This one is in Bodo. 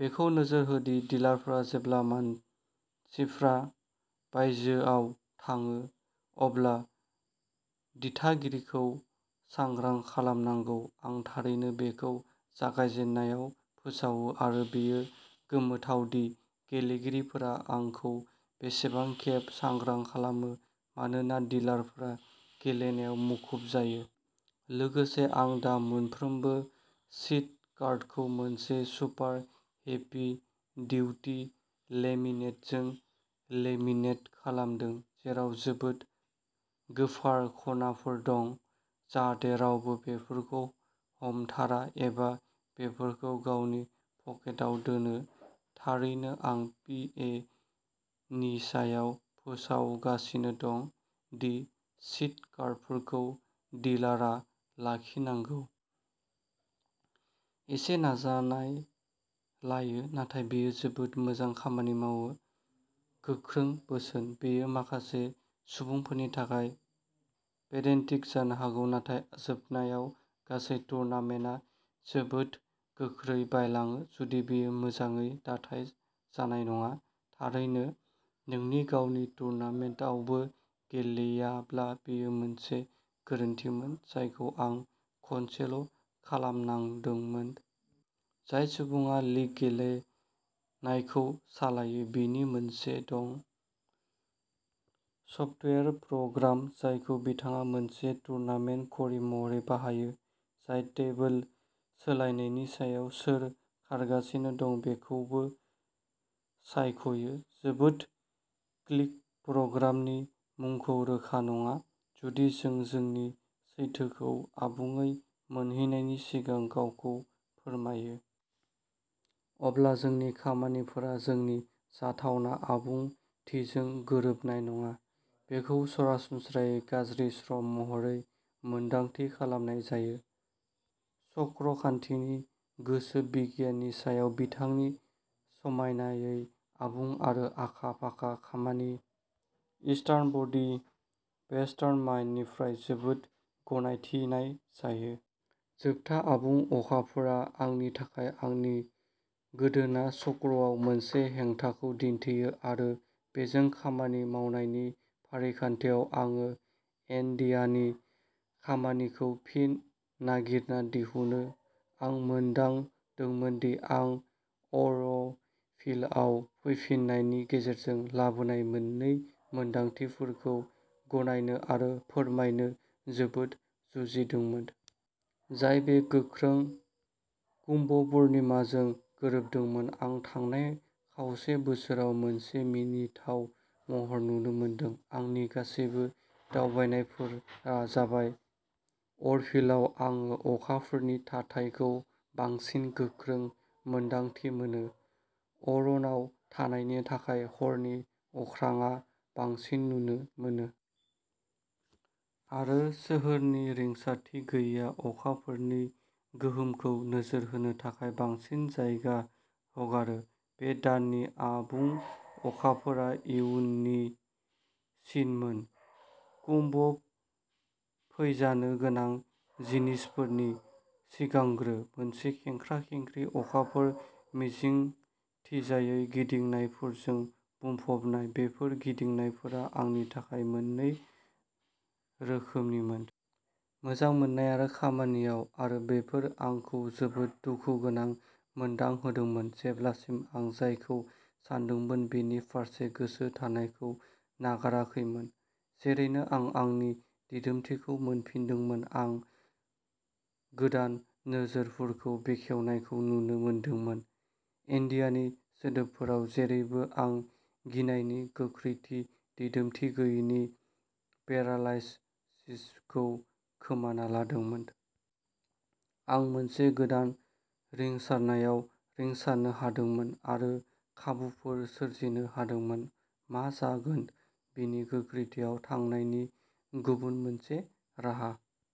बेखौ नोजोर हो दि डिलारफोरा जेब्ला मानसिफ्रा बायजोआव थाङो अब्ला दिथागिरिखौ सांग्रां खालामनांगौ। आं थारैनो बेखौ जागायजेननायाव फोसावो आरो बेयो गोमोथाव दि गेलेगिरिफोरा आंखौ बेसेबां खेब सांग्रां खालामो मानोना डिलारफोरा गेलेनायाव मुखुब जायो। लोगोसे आं दा मोनफ्रोमबो सिट कार्डखौ मोनसे सुपार हेभि डिउटि लेमिनेटजों लेमिनेट खालामदों। जेराव जोबोद गोफार खनाफोर दं। जाहाथे रावबो बेफोरखौ हमथारा एबा बेफोरखौ गावनि पकेटाव दोनो। थारैनो आं पि ए नि सायाव फोसावगासिनो दं दि सिट कार्डफोरखौ डिलारआ लाखिनांगौ। एसे नाजानाय लायो। नाथाय बेयो जोबोद मोजां खामानि मावो। गोख्रों बोसोन। बेयो माखासे सुबुंफोरनि थाखाय पेडेन्टिक जानो हागौ नाथाय जोबनायाव गासै टुर्नामेन्टआ जोबोद गोख्रै बायलाङो जुदि बेयो मोजाङै दाथाइ जानाय नङा। थारैनो नोंनि गावनि टुर्नामेन्टआवबो गेलेयाब्ला बेयो मोनसे गोरोन्थिमोन जायखौ आं खनसेल' खालामनांदोंमोन। जाय सुबुङा लीग गेलेनायखौ सालायो। बिनि मोनसे दं। सफ्टवेयार प्रग्राम जायखौ बिथाङा मोनसे टुरनामेन्ट घरि महरै बाहायो। जाय टेबोल सोलायनायनि समाव सोर खारगासिनो दं बेखौबो सायख'यो। जोबोद स्लिक। प्रग्रामनि मुंखौ रोखा नङा। जुदि जों जोंनि सैथोखौ आबुङै मोनहैनायनि सिगां गावखौ फोरमायो। अब्ला जोंनि खामानिफोरा जोंनि जाथावना आबुंथिजों गोरोबनाय नङा। बेखौ सरासनस्रायै गाज्रि सम महरै मोन्दांथि खालामनाय जायो। चक्र खान्थिनि गोसोबिगियाननि सायाव बिथांनि समायनायै आबुं आरो आखा-फाखा खामानि इस्टार्न बडी, वेस्टार्न माइन्ड निफ्राय जोबोद गनायथिनाय जायो। जोबथा आबुं अखाफोरा आंनि थाखाय आंनि गोदोना चक्रआव मोनसे हेंथाखौ दिन्थियो आरो बेजों खामानि मावनायनि फारिखान्थियाव आं एन'डियानि खामानिखौ फिन नागिरना दिहुनो। आं मोनदांदोंमोन दि आं अर'भिलआव फैफिननायनि गेजेरजों लाबोनाय मोननै मोनदांथिफोरखौ गनायनो आरो फोरमायनो जोबोद जुजिदोंमोन। जाय बे गोख्रों कुम्भ पुर्णिमाजों गोरोबदोंमोन। आं थांनाय खावसे बोसोराव मोनसे मिनिथाव महर नुनो मोनदों। आंनि गासैबो दावबायनायफोरा जाबाय। अर'भिलआव आं अखाफोरनि थाथायखौ बांसिन गोख्रों मोन्दांथि मोनो। अरनाव थानायनि थाखाय हरनि अख्राङा बांसिन नुनो मोनो। आरो सोहोरनि रिंसारथि गैयैआ अखाफोरनि गोहोमखौ नोजोर होनो थाखाय बांसिन जायगा हगारो। बे दाननि आबुं अखाफोरा इयुननि सिनमोन। कुम्भ फैजानो गोनां जिनिसफोरनि सिगांग्रो। मोनसे खेंख्रा-खेंख्रि अखाफोर मिजिंथिजायै गिदिंनायफोरजों बुंफबनाय। बेफोर गिदिंनायफोरा आंनि थाखाय मोननै रोखोमनिमोन। मोजां मोननाय आरो खामानियाव। आरो बेफोर आंखौ जोबोद दुखुगोनां मोनदांहोदोंमोन जेब्लासिम आं जायखौ सानदोंमोन बिनि फारसे गोसो थानायखौ नागाराखैमोन। जेरैनो आं आंनि दिदोमथिखौ मोनफिनदोंमोन। आं गोदान नोजोरफोरखौ बेखेवनायखौ नुनो मोनदोंमोन। एन'डियानि सोदोबफोराव, जेरैबो आं गिनायनि गोख्रोंथि दिदोमथि गैयैनि पेरालाइसिसखौ खोमाना लादोंमोन। आं मोनसे गोदान रिंसारनायाव रिंसारनो हादोंमोन। आरो खाबुफोर सोरजिनो हादोंमोन। मा जागोन बिनि गोख्रैथियाव थांनायनि गुबुन मोनसे राहा।